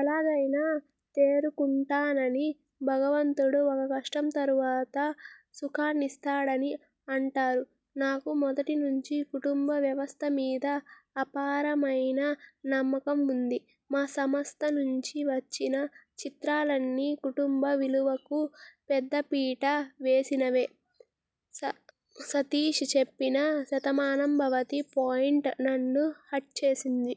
ఎలాగైనా తేరుకుంటానని.. భగవంతుడు ఒక కష్టం తర్వాత సుఖాన్నిస్తాడని అంటారు. నాకు మొదటి నుంచీ కుటుంబ వ్యవస్థమీద అపారమైన నమ్మకం ఉంది. మా సంస్థ నుంచి వచ్చిన చిత్రాలన్నీ కుటుంబ విలువకు పెద్దపీట వేసినవే. స సతీశ్ చెప్పిన 'శతమానం భవతి' పాయింట్ నన్ను హర్ట్ చేసింది.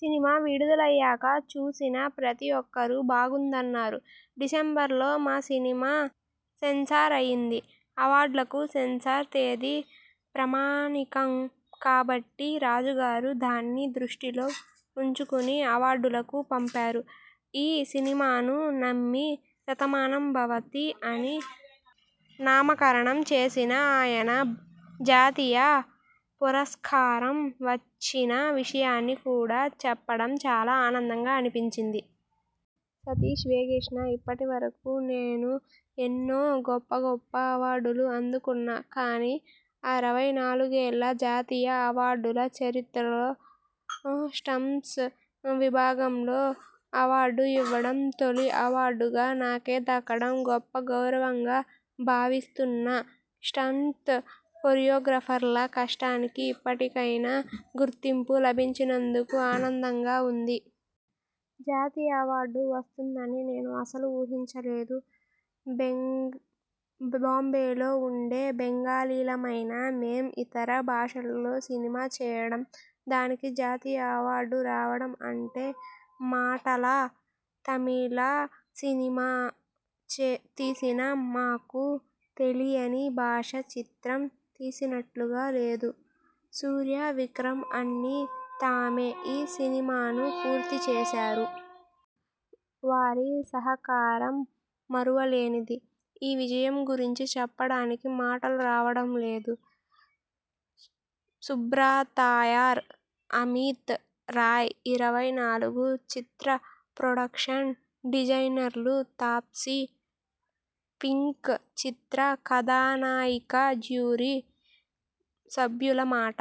సినిమా విడుదలయ్యాక చూసిన ప్రతి ఒక్కరూ బాగుందన్నారు. డిసెంబర్లో మా సినిమా సెన్సార్ అయింది. అవార్డులకు సెన్సార్ తేదీ ప్రామాణికం కాబట్టి రాజుగారు దాన్ని దృష్టిలో ఉంచుకొని అవార్డులకు పంపారు. ఈ సినిమాను నమ్మి, 'శతమానం భవతి' అని నామకరణం చేసిన ఆయన జాతీయ పురస్కారం వచ్చిన విషయాన్ని కూడా చెప్పడం చాలా ఆనందంగా అనిపించింది. సతీశ్ వేగేశ్న ఇప్పటి వరకు నేను ఎన్నో గొప్ప గొప్ప అవార్డులు అందుకున్నా. కానీ, అరవై నాలుగు ఏళ్ల జాతీయ అవార్డుల చరిత్రలో ఆ స్టంట్స్ విభాగంలో అవార్డు ఇవ్వడం, తొలి అవార్డు నాకే దక్కడం గొప్ప గౌరవంగా భావిస్తున్నా స్టంట్ కొరియోగ్రాఫర్ల కష్టానికి ఇప్పటికైనా గుర్తింపు లభించినందుకు ఆనందంగా ఉంది. జాతీయ అవార్డు వస్తుందని నేను అస్సలు ఊహించలేదు. బెంగ్ బాంబేలో వుండే బెంగాలీలమైన మేం ఇతర భాషలలో సినిమా చేయడం, దానికి జాతీయ అవార్డు రావడం అంటే మాటలా? తమిళ సినిమా చే తీసినా మాకు తెలియని భాషా చిత్రం తీసినట్లుగా లేదు. సూర్య, విక్రమ్ అన్నీ తామే ఈ సినిమాను పూర్తి చేశారు. వారి సహకారం మరువలేనిది. ఈ విజయం గురించి చెప్పడానికి మాటలు రావడం లేదు. సుబ్రతాయర్, అమిత్ రాయ్, 'ఇరవై నాలుగు' చిత్ర ప్రొడక్షన్ డిజైనర్లు తాప్సీ, 'పింక్' చిత్ర కథానాయికజ్యూరీ సభ్యుల మాట